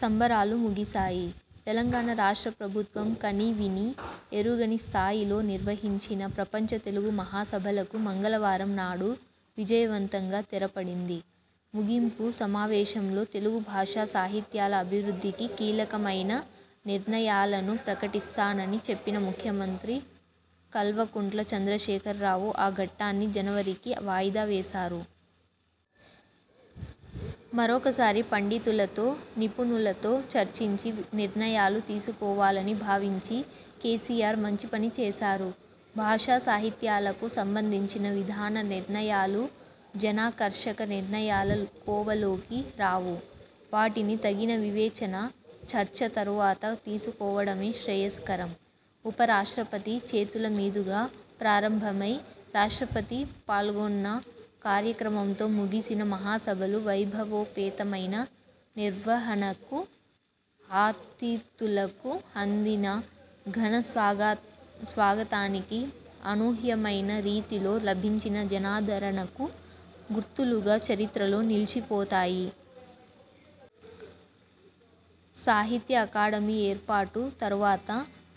సంబరాలు ముగిసాయి. తెలంగాణ రాష్ట్ర ప్రభుత్వం కనీ వినీ ఎరుగని స్థాయిలో నిర్వహించిన ప్రపంచ తెలుగు మహాసభలకు మంగళవారం నాడు విజయవంతంగా తెరపడింది. ముగింపు సమావేశంలో తెలుగు భాషా సాహిత్యాల అభివృద్ధికి కీలకమయిన నిర్ణయాలను ప్రకటిస్తానని చెప్పిన ముఖ్యమంత్రి కల్వకుంట్ల చంద్రశేఖరరావు, ఆ ఘట్టాన్ని జనవరికి వాయిదా వేశారు. మరొకసారి పండితులతో, నిపుణులతో చర్చించి నిర్ణయాలు తీసుకోవాలని భావించి కేసీఆర్ మంచిపని చేశారు. భాషా సాహిత్యాలకు సంబంధించిన విధాన నిర్ణయాలు జనాకర్షక నిర్ణయాల కోవలోకి రావు. వాటిని తగిన వివేచన, చర్చ తరువాత తీసుకోవడమే శ్రేయస్కరం. ఉప రాష్ట్రపతి చేతుల మీదుగా ప్రారంభమై, రాష్ట్రపతి పాల్గొన్న కార్యక్రమంతో ముగిసిన మహాసభలు వైభవోపేతమైన నిర్వహణకు, ఆతిథులకు అందిన ఘనస్వాగ స్వాగతానికి, అనూహ్యమైన రీతిలో లభించిన జనాదరణకు గుర్తులుగా చరిత్రలో నిలిచిపోతాయి. సాహిత్య అకాడమీ ఏర్పాటు తరువాత,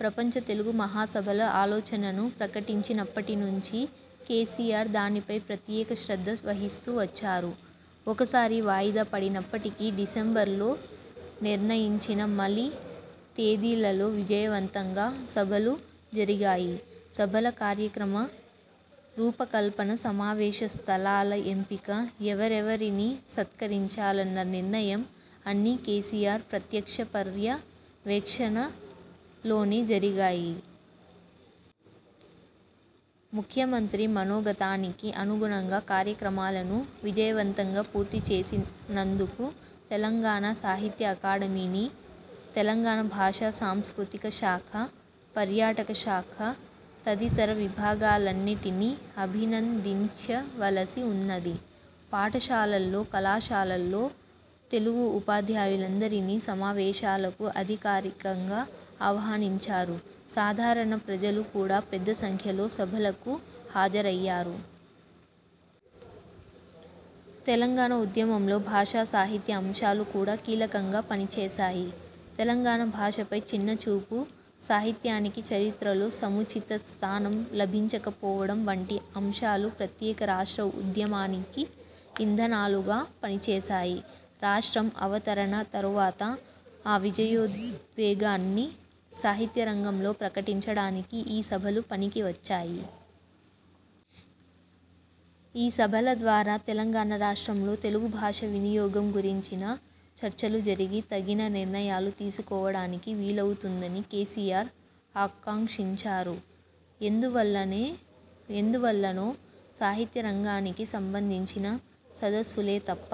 ప్రపంచ తెలుగు మహాసభల ఆలోచనను ప్రకటించినప్పటి నుంచి కేసీఆర్ దానిపై ప్రత్యేక శ్రద్ధ వహిస్తూ వచ్చారు. ఒకసారి వాయిదా పడినప్పటికీ, డిసెంబర్లో నిర్ణయించిన మలి తేదీలలో విజయవంతంగా సభలు జరిగాయి. సభల కార్యక్రమ రూప కల్పన, సమావేశ స్థలాల ఎంపిక, ఎవరెవరిని సత్కరించాలన్న నిర్ణయం అన్నీ కేసీఆర్ ప్రత్యక్ష పర్యవేక్షణలోనే జరిగాయి. ముఖ్యమంత్రి మనోగతానికి అనుగుణంగా కార్యక్రమాలను విజయవంతంగా పూర్తి చేసినందుకు తెలంగాణ సాహిత్య అకాడమీని, తెలంగాణ భాషా సాంస్కృతిక శాఖ, పర్యాటక శాఖ తదితర విభాగాలన్నిటినీ అభినందించవలసి ఉన్నది. పాఠశాలల్లో, కళాశాలల్లో తెలుగు ఉపాధ్యాయులందరినీ సమావేశాలకు అధికారికంగా ఆహ్వానించారు. సాధారణ ప్రజలు కూడా పెద్ద సంఖ్యలో సభలకు హాజరయ్యారు. తెలంగాణ ఉద్యమంలో భాషా సాహిత్య అంశాలు కూడా కీలకంగా పనిచేశాయి. తెలంగాణ భాషపై చిన్నచూపు, సాహిత్యానికి చరిత్రలో సముచిత స్థానం లభించకపోవడం, వంటి అంశాలు ప్రత్యేక రాష్ట్ర ఉద్యమానికి ఇంధనాలుగా పనిచేశాయి. రాష్ట్రం అవతరణ తరువాత, ఆ విజయోద్వేగాన్ని సాహిత్యరంగంలో ప్రకటించడానికి ఈ సభలు పనికి వచ్చాయి. ఈ సభల ద్వారా తెలంగాణ రాష్ట్రంలో తెలుగు భాష వినియోగం గురించిన చర్చలు జరిగి, తగిన నిర్ణయాలు తీసుకోవడానికి వీలవుతుందని కేసీఆర్ ఆకాంక్షించారు. ఎందువల్లనే, ఎందువల్లనో సాహిత్యరంగానికి సంబంధించిన సదస్సులే తప్ప,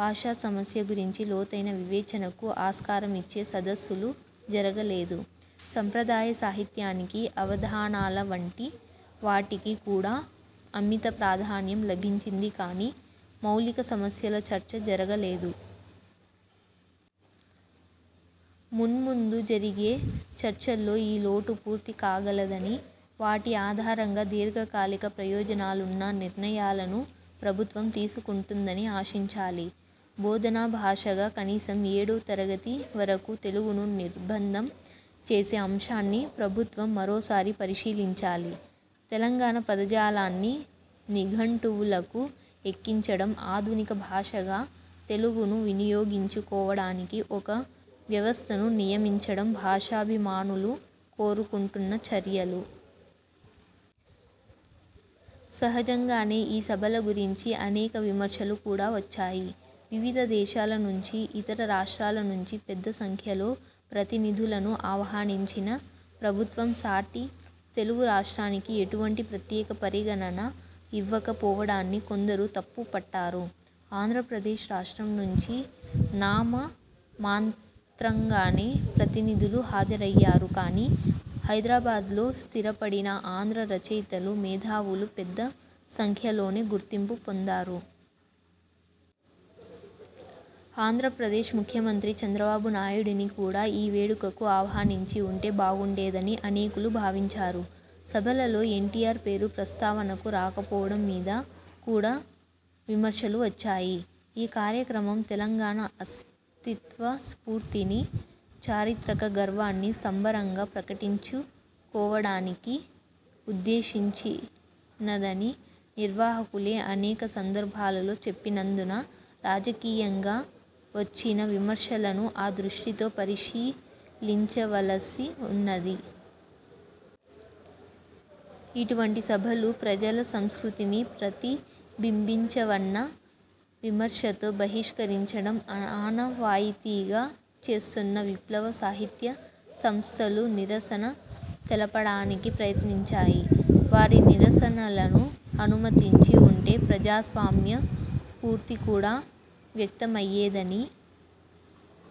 భాషా సమస్య గురించి లోతైన వివేచనకు ఆస్కారమిచ్చే సదస్సులు జరగలేదు. సంప్రదాయ సాహిత్యానికి, అవధానాల వంటి వాటికి కూడా అమిత ప్రాధాన్యం లభించింది కానీ, మౌలిక సమస్యల చర్చ జరగలేదు. మున్ముందు జరిగే చర్చల్లో ఈ లోటు పూర్తి కాగలదని, వాటి ఆధారంగా దీర్ఘకాలిక ప్రయోజనాలున్న నిర్ణయాలను ప్రభుత్వం తీసుకుంటుందని ఆశించాలి. బోధనా భాషగా కనీసం ఏడో తరగతి వరకు తెలుగును నిర్బంధం చేసే అంశాన్ని ప్రభుత్వం మరోసారి పరిశీలించాలి. తెలంగాణ పదజాలాన్ని నిఘంటువులకు ఎక్కించడం, ఆధునిక భాషగా తెలుగును వినియోగించుకోవడానికి ఒక వ్యవస్థను నియమించడం, భాషాభిమానులు కోరుకుంటున్న చర్యలు. సహజంగానే ఈ సభల గురించి అనేక విమర్శలు కూడా వచ్చాయి. వివిధ దేశాల నుంచి, ఇతర రాష్ట్రాల నుంచి పెద్ద సంఖ్యలో ప్రతినిధులను ఆహ్వానించిన ప్రభుత్వం సాటి తెలుగు రాష్ట్రానికి ఎటువంటి ప్రత్యేక పరిగణన ఇవ్వక పోవడాన్ని కొందరు తప్పు పట్టారు. ఆంధ్రప్రదేశ్ రాష్ట్రం నుంచి నామ మాత్రంగానే ప్రతినిధులు హాజరయ్యారు కానీ, హైదరాబాద్లో స్థిరపడిన ఆంధ్ర రచయితలు, మేధావులు పెద్ద సంఖ్యలోనే గుర్తింపు పొందారు. ఆంధ్రప్రదేశ్ ముఖ్యమంత్రి చంద్రబాబు నాయుడుని కూడా ఈ వేడుకకు ఆహ్వానించి ఉంటే బాగుండేదని అనేకులు భావించారు. సభలలో ఎన్టీఆర్ పేరు ప్రస్తావనకు రాకపోవడం మీద కూడా విమర్శలు వచ్చాయి. ఈ కార్యక్రమం తెలంగాణ అస్తిత్వ స్ఫూర్తిని, చారిత్రక గర్వాన్ని సంబరంగా ప్రకటించుకోవడానికి ఉద్దేశించినదని నిర్వాహకులే అనేక సందర్భాలలో చెప్పినందున, రాజకీయంగా వచ్చిన విమర్శలను ఆ దృష్టితో పరిశీలించవలసి ఉన్నది. ఇటువంటి సభలు ప్రజల సంస్కృతిని ప్రతిబింబించవన్న విమర్శతో బహిష్కరించడం ఆనవాయితీగా చేస్తున్న విప్లవ సాహిత్యసంస్థలు నిరసన తెలపడానికి ప్రయత్నించాయి. వారి నిరసనలను అనుమతించి ఉంటే ప్రజాస్వామ్య స్ఫూర్తి కూడా వ్యక్తమయ్యేదని,